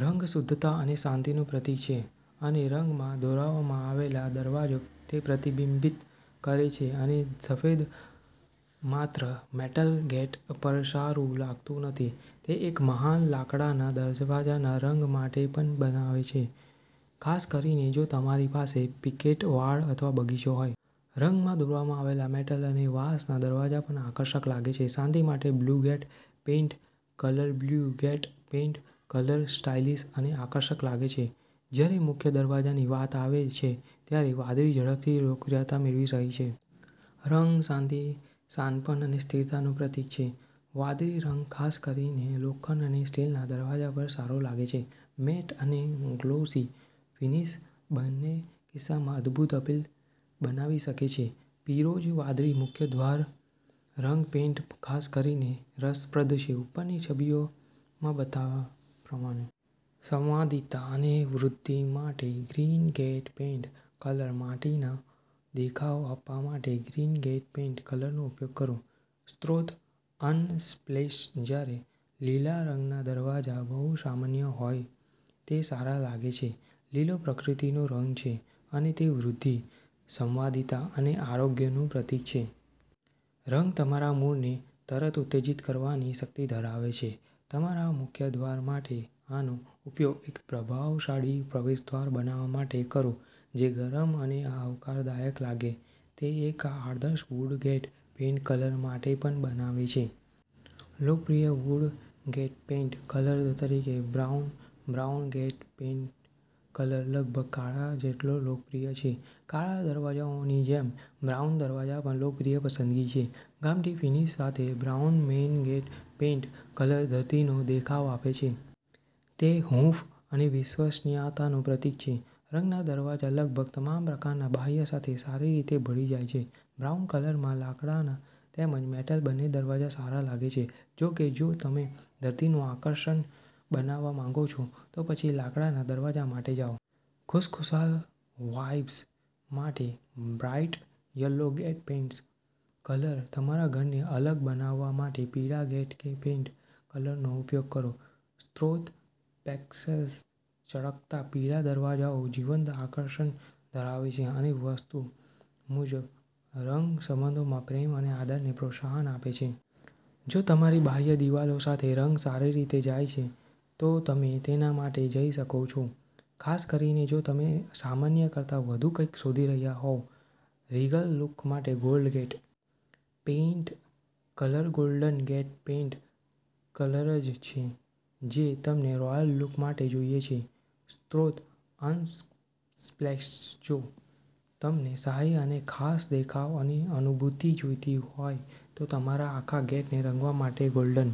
રંગ શુદ્ધતા અને શાંતિનું પ્રતીક છે અનેરંગમાં દોરવામાં આવેલો દરવાજો તેપ્રતિબિંબિત કરે છે. અને સફેદ માત્ર મેટલ ગેટ પરસારું લાગતું નથી. તે એક મહાન લાકડાના દરવાજાના રંગ માટે પણ બનાવે છે, ખાસ કરીને જો તમારી પાસે પિકેટ વાડ અથવા બગીચો હોય. રંગમાં દોરવામાં આવેલા મેટલ અને વાંસના દરવાજા પણ આકર્ષક લાગે છે. શાંતિ માટે blue gate paint colour blue gate paint colour stylish અને આકર્ષક લાગે છે જ્યારે મુખ્ય દરવાજાની વાત આવે છે ત્યારે વાદળી ઝડપથી લોકપ્રિયતા મેળવી રહી છે. રંગ શાંતિ, શાણપણ અને સ્થિરતાનું પ્રતીક છે. વાદળી રંગ ખાસ કરીને લોખંડ અને સ્ટીલના દરવાજા પર સારો લાગે છે. મેટ અને ગ્લોસી ફિનીશ બંનેકિસ્સામાં અદભૂત અપીલ બનાવી શકે છે. પીરોજ વાદળી મુખ્ય દ્વાર રંગ પેઇન્ટ ખાસ કરીને રસપ્રદ છે, ઉપરની છબીમાં બતાવ્યા પ્રમાણે. સંવાદિતા અને વૃદ્ધિ માટે ગ્રીન ગેટ પેઇન્ટ કલર માટીનો દેખાવ આપવા માટે ગ્રીન ગેટ પેઇન્ટ કલરનો ઉપયોગ કરો સ્રોતઅનસ્પ્લેશજ્યારે લીલા રંગના દરવાજા બહુ સામાન્યહોય, તે સારા લાગે છે. લીલોપ્રકૃતિનો રંગ છે અને તે વૃદ્ધિ, સંવાદિતા અને આરોગ્યનું પ્રતીક છે. રંગ તમારા મૂડને તરતઉત્તેજીત કરવાની શક્તિ ધરાવે છે. તમારા મુખ્ય દ્વાર માટે આનો ઉપયોગ એક પ્રભાવશાળી પ્રવેશદ્વાર બનાવવા માટે કરો જે ગરમ અને આવકારદાયક લાગે. તે એક આદર્શ વુડ ગેટ પેઇન્ટ કલર માટે પણ બનાવે છે. લોકપ્રિય વુડ ગેટ પેઇન્ટ કલર તરીકે brown brown gate paint colour લગભગ કાળા જેટલોલોકપ્રિય છે કાળા દરવાજાઓની જેમ, બ્રાઉન દરવાજા પણ લોકપ્રિય પસંદગી છે. ગામઠી ફિનિશ સાથે brown main gate paint colour ધરતીનો દેખાવ આપે છે. તે હૂંફ અને વિશ્વસનીયતાનું પ્રતીક છે. રંગના દરવાજા લગભગ તમામ પ્રકારના બાહ્ય સાથે સારી રીતે ભળી જાય છે. બ્રાઉન કલરમાં લાકડાના તેમજ મેટલ બંને દરવાજા સારા લાગે છે. જો કે, જો તમે ધરતીનું આકર્ષણ બનાવવા માંગો છો, તો પછી લાકડાના દરવાજા માટે જાઓ. ખુશખુશાલ વાઇબ્સ માટે bright yellow gate paint colour તમારા ઘરને અલગ બનાવવા માટે પીળા ગેટ પેઇન્ટ કલરનો ઉપયોગ કરો સ્રોતપેક્સેલ્સચળકતા પીળા દરવાજાઓ જીવંત આકર્ષણ ધરાવે છે, અને વાસ્તુ મુજબ, રંગ સંબંધોમાં પ્રેમ અને આદરને પ્રોત્સાહન આપે છે. જો તમારી બાહ્ય દિવાલો સાથે રંગ સારી રીતે જાય છે, તો તમે તેના માટે જઈ શકો છો, ખાસ કરીને જો તમે સામાન્ય કરતાં વધુ કંઈક શોધી રહ્યાં હોવ. રીગલ લુક માટે golden gate paint colour golden gate paint કલરજ છે જે તમને રોયલ લુક માટે જોઈએ છે સ્રોતઅનસ્પ્લેશજો તમને શાહી અને ખાસ દેખાવ અને અનુભૂતિ જોઈતી હોય તો તમારા આખા ગેટને રંગવા માટે ગોલ્ડન